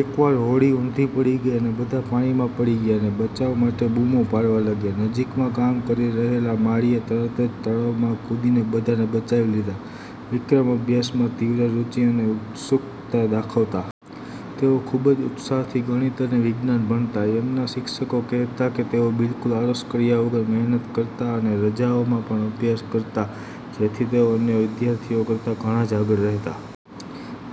એક વાર હોડી ઉંધી પડી ગઈ અને બધા પાણીમાં પડી ગયા અને બચાવ માટે બૂમો પાડવા લાગ્યા. નજીકમાં કામ કરી રહેલા માળીએ તરત જ તળાવમાં કૂદીને બધાને બચાવી લીધા. વિક્રમ અભ્યાસમાં તીવ્ર રુચિ અને ઉત્સુકતા દાખવતા. તેઓ ખુબ જ ઉત્સાહથી ગણિત અને વિજ્ઞાન ભણતા. એમના શિક્ષકો કહેતા કે તેઓ બિલકુલ આળસ કર્યા વગર મહેનત કરતા અને રજાઓમાં પણ અભ્યાસ કરતા જેથી તેઓ અન્ય વિદ્યાર્થીઓ કરતાં ઘણા જ આગળ રહેતા.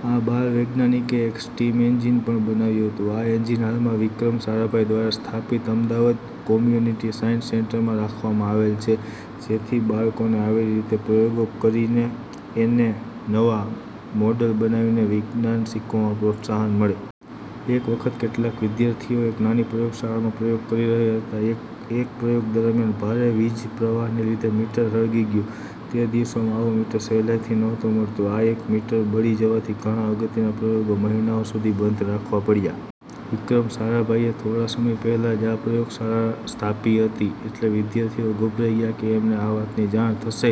આ બાળ વૈજ્ઞાનિકે એક સ્ટીમ એન્જીન પણ બનાવ્યું હતું. આ એન્જીન હાલમાં વિક્રમ સારાભાઈ દ્વારા સ્થાપિત અમદાવાદના કોમ્યુનિટી સાયન્સ સેન્ટરમાં રાખવામાં આવેલ છે જેથી બાળકોને આવી રીતે પ્રયોગો કરીને અને આવા મોડલ બનાવીને વિજ્ઞાન શીખવામાં પ્રોત્સાહન મળે. એક વખત કેટલાક વિદ્યાર્થીઓ એક નાની પ્રયોગશાળામાં પ્રયોગ કરી રહ્યા હતા. એક પ્રયોગ દરમ્યાન ભારે વીજપ્રવાહને લીધે મીટર સળગી ગયું. તે દિવસોમાં આવું મીટર સહેલાઇથી નહોતું મળતું. આ એક મીટર બળી જવાથી ઘણા અગત્યના પ્રયોગો મહિનાઓ સુધી બંધ રાખવા પડયા. વિક્રમ સારાભાઈએ થોડા સમય પહેલાં જ આ પ્રયોગશાળા સ્થાપી હતી એટલે વિદ્યાર્થીઓ ગભરાઈ ગયા કે એમને આ વાતની જાણ થશે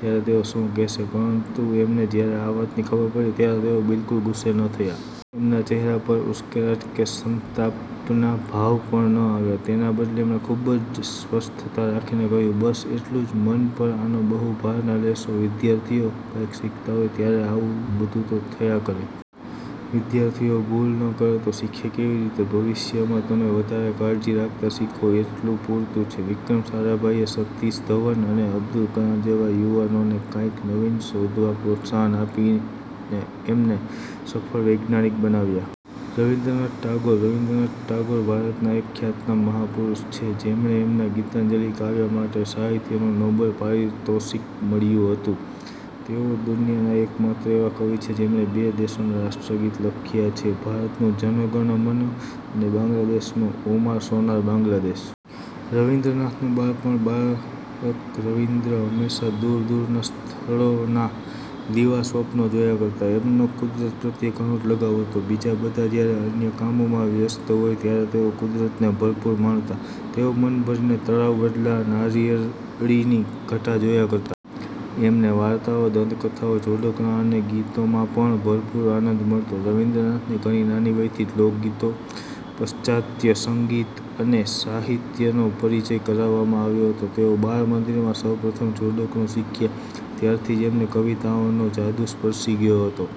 ત્યારે તેઓ શું કહેશે. પરંતુ એમને જયારે આ વાતની ખબર પડી ત્યારે તેઓ બિલકુલ ગુસ્સે ન થયા. એમના ચહેરા પર ઉશ્કેરાટ કે સંતાપના ભાવ પણ ન આવ્યા. તેના બદલે એમણે ખુબ જ સ્વસ્થતા રાખીને કહયું, "બસ એટલું જ? મન પર આનો બહુ ભાર ના લેશો. વિદ્યાર્થીઓ કાઇંક શીખતા હોય ત્યારે આવું બધું તો થયા કરે. વિદ્યાર્થીઓ ભૂલ ન કરે તો શીખે કેવી રીતે? ભવિષ્યમાં તમે વધારે કાળજી રાખતાં શીખો એટલું પૂરતું છે. " વિક્રમ સારાભાઈએ સતીશ ધવન અને અબ્દુલ કલામ જેવા યુવાનોને કાંઈક નવીન શોધવા પ્રોત્સાહન આપીને એમને સફળ વૈજ્ઞાનિક બનાવ્યા. રવિન્દ્રનાથ ટાગોર રવિન્દ્રનાથ ટાગોર ભારતના એક ખ્યાતનામ મહાપુરુષ છે જેમને એમના "ગીતાંજલિ" કાવ્ય માટે સાહિત્યનું નોબેલ પારિતોષિક મળ્યું હતું. તેઓ દુનિયાના એક માત્ર એવા કવિ છે જેમણે બે દેશોના રાષ્ટ્રગીત લખ્યાં છે ભારતનું 'જન મન ગણ' અને બાંગ્લાદેશનું 'ઓમાર સોનાર બાંગ્લાદેશ'. રવિન્દ્રનાથનું બાળપણ બાળક રવિન્દ્ર હંમેશા દૂર દૂરના સ્થળોના દિવા સ્વપ્નો જોયા કરતા. એમનો કુદરત પ્રત્યે ઘણો જ લગાવ હતો. બીજા બધા જયારે અન્ય કામોમાં વ્યસ્ત હોય ત્યારે તેઓ કુદરતને ભરપૂર માણતા. તેઓ મનભરીને તળાવ, વડલા, નારિયેળીની ઘટા જોયા કરતા. એમને વાર્તાઓ, દંતકથાઓ, જોડકણાં અને ગીતોમાં પણ ભરપૂર આનંદ મળતો. રવિન્દ્રનાથને ઘણી નાની વયથી જ લોકગીતો, પાશ્ચાત્ય સંગીત અને સાહિત્યનો પરિચય કરાવવામાં આવ્યો હતો. તેઓ બાળમંદિરમાં સૌપ્રથમ જોડકણું શીખ્યા ત્યારથી જ એમને કવિતાઓનો જાદુ સપર્શી ગયો હતો.